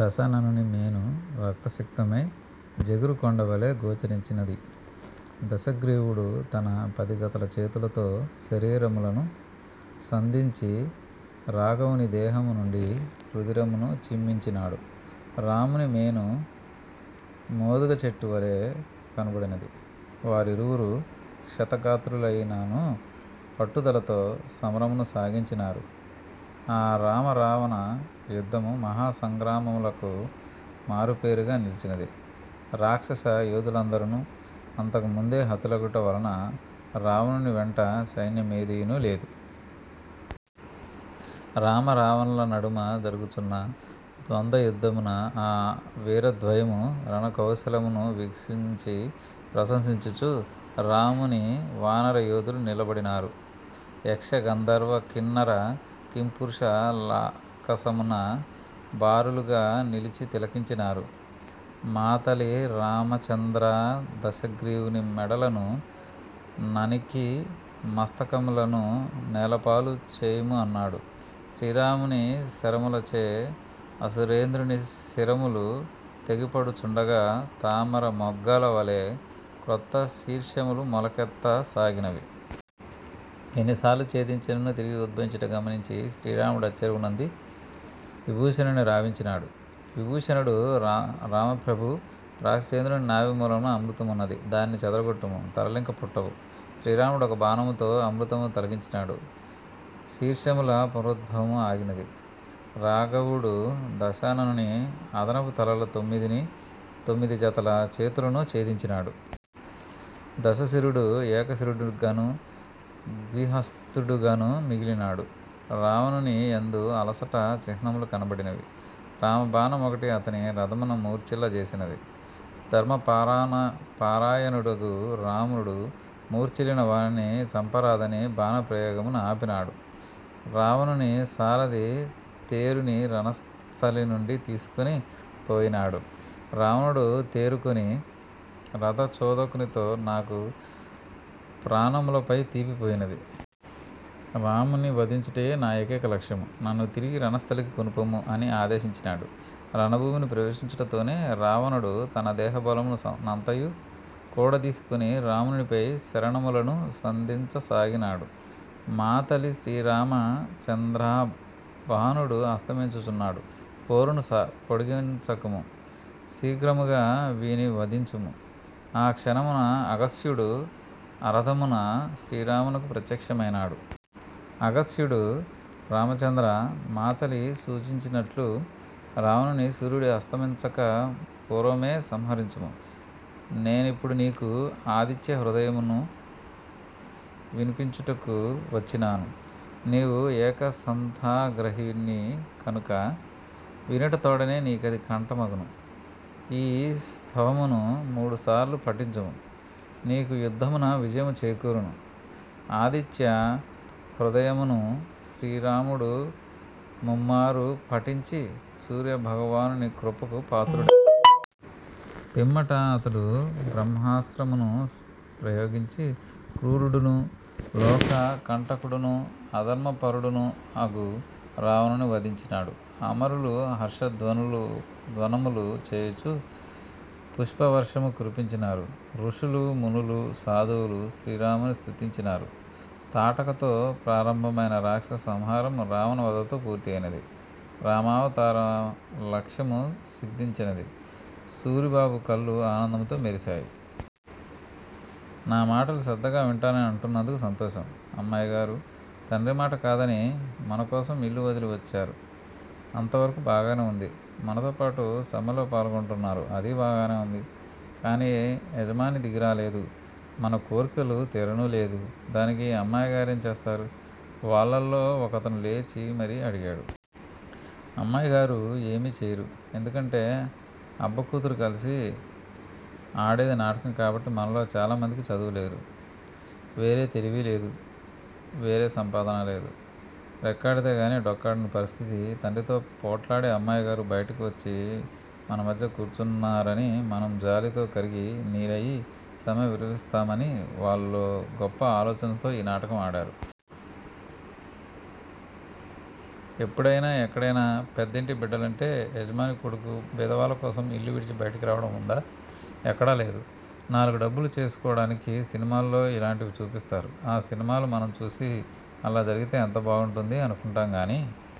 దశాననుని మేను రక్తసిక్తమై జేగురు కొండవలె గోచరించినది. దశగ్రీవుడు తన పది జతల చేతులతో శరములను సంధించి రాఘవుని దేహము నుండి రుధిరమును చిమ్మించినాడు. రాముని మేను మోదుగచెట్టు వలె కనుపడినది. వారిరువురు క్షతగాత్రులైనను పట్టుదలతో సమరమును సాగించినారు. ఆ రామ రావణ యుద్ధము మహాసంగ్రామములకు మారుపేరుగా నిలిచినది రాక్షస యోధులందరును, అంతకుముందె హతులగుట వలన రావణుని వెంట సైన్యమేదియును లేదు. రామ రావణుల నడుమ జరుగుచున్న ద్వంద యుద్ధమున ఆ వీరద్వయము రణకౌశలమును వీక్షించి ప్రశంసించుచు రాముని వానర యోధులు నిలబడినారు. యక్ష గంధర్వ కిన్నర కింపురుషు లాకసమున బారులుగ నిలిచి తిలకించినారు. మాతలి రామచంద్రా దశగ్రీవుని మెడలను నఱికి మస్తకములను నేలపాలు చేయుము అన్నాడు. శ్రీరాముని శరములచే అసురేంద్రుని శిరములు తెగిపడుచుండగా తామర మొగ్గల వలె క్రొత్త శీర్షములు మొలకెత్తసాగినవి! ఎన్నిసార్లు ఛేదించినను తిరిగి ఉద్భవించుట గమనించి శ్రీరాముడచ్చెరువొంది విభీషణుని రావించినాడు. విభీషణుడు రామప్రభూ రాక్షసేంద్రుని నాభి మూలమున అమృతమున్నది. దానిని చెదరగొట్టుము తలలింక పుట్టవు. శ్రీరాముడొక బాణముతో అమృతమును తొలగించినాడు. శీర్షముల పునరుద్భవము ఆగినది. రాఘవుడు దశాననుని అదనపు తలలు తొమ్మిదినీ, తొమ్మిది జతల చేతులనూ ఛేదించినాడు. దశ శిరుడు ఏకశిరుడుగను ద్విహస్తుడుగను మిగిలినాడు. రావణుని యందు అలసట చిహ్నములు కనుపడినవి. రామ బాణమొకటి అతని రథమున మూర్చిల్ల జేసినది. ధర్మపరాయణుడగు రాముడు మూర్చిల్లిన వానిని చంపరాదని బాణ ప్రయోగమును ఆపినాడు. రావణుని సారథి తేరును రణస్థలి నుండి తీసికొని పోయినాడు. రావణుడు తేరుకొని రథ చోదకునితో నకు ప్రానములపై తీపి పోయినది. రాముని వధించుటయె నా యేకైక లక్ష్యము. నన్ను తిరిగి రణస్థలికి కొనిపొమ్ము అని ఆదేశించినాడు. రణభూమిని ప్రవేశించుటతోనె రావణుడు తన దేహబలము నంతను కూడదీసికొని రామునిపై శరములణు సంధించసాగినాడు. మాతలి శ్రీరామచంద్రా భానుడు అస్తమించుచున్నాడు. పోరును పొడిగించకుము. శీఘ్రముగ వీని వధించుము. ఆ క్షణమున అగస్త్యుడు అరదమున శ్రీరామునకు ప్రత్యక్షమైనాడు. అగస్త్యుడు: రామచంద్రా మాతలి సూచించినట్లు రావణుని సూర్యుడు అస్తమించక పూర్వమే సంహరించుము నేనిప్పుడు నీకు 'ఆదిత్య హృదయము'ను వినిపించుటకు వచ్చినాను. నీవు ఏకసంథాగ్రాహిని కనుక వినుట తోడనె నీకది కంఠమగును. ఈ స్తవమును మూడుసార్లు పఠించుము. నీకు యుద్ధమున విజయము చేకూరును. ఆదిత్య హృదయముణు శ్రీరాముడు ముమ్మాఱు పఠించి సూర్యభగవానుని కృపకు పాత్రుడైనాడు. పిమ్మట అతడు బ్రహ్మాస్త్రమును ప్రయోగించి క్రూరుడుణు లోకకంటకుడును అధర్మపరుడును అగు రావణుని వధించినాడు. అమరులు హర్షధ్వానములు చేయుచు పుష్పవర్షము కురిపించినారు. ఋషులూ, మునులూ, సాధువులూ శ్రీరాముని స్తుతించినారు. తాటకతో ప్రారంభమైన రాక్షస సంహారము రావణ వధతో పూర్తియైనది. రామావతార లక్ష్యము సిద్ధించినది. సూరిబాబు కళ్ళు ఆనందంతో మెరిసాయి. నా మాటలు శ్రద్ధగా వింటానని అంటున్నందుకు సంతోషం. అమ్మాయిగారు తండ్రిమాట కాదని మనకోసం ఇల్లు వదలి వచ్చారు అంతవరకు బాగానే వుంది. మనతోపాటు సమ్మెలో పాల్గొంటున్నారు అదీ బాగానే వుంది. కాని యజమాని దిగిరాలేదు మన కోర్కెలు తీరనూలేదు దానికి అమ్మాయిగారేం చేస్తారు? వాళ్ళల్లో ఒకతను లేచి మరీ అడిగాడు. అమ్మాయిగారు ఏమీ చేయరు. ఎందుకంటే అబ్బ కూతురు కలిసి ఆడేది నాటకం కాబట్టి మనలో చాలా మందికి చదువులేదు. వేరే తెలివిలేదు. వేరే సంపాదన లేదు. రెక్కాడితేగాని డొక్కాడని పరిస్థితి తండ్రితో పోట్లాడి అమ్మాయిగారు బయటికి వచ్చి మనమధ్య కూర్చున్నారని మనం జాలితో కరిగి నీరయి సమ్మె విరమిస్తామని వాళ్ళో గొప్ప ఆలోచనతో ఈ నాటకం ఆడారు. ఎప్పుడయినా ఎక్కడయినా పెద్దింటి బిడ్డలంటే యజమాని కొడుకు బీదవాళ్ళకోసం ఇల్లు విడిచి బయటికి రావటం వుందా! ఎక్కడా లేదు. నాలుగు డబ్బులు చేసుకోటానికి సినిమాల్లో ఇలాంటివి చూపిస్తారు. ఆ సినిమాలు మనం చూసి అలా జరిగితే ఎంత బాగుంటుంది! అనుకుంటాం గాని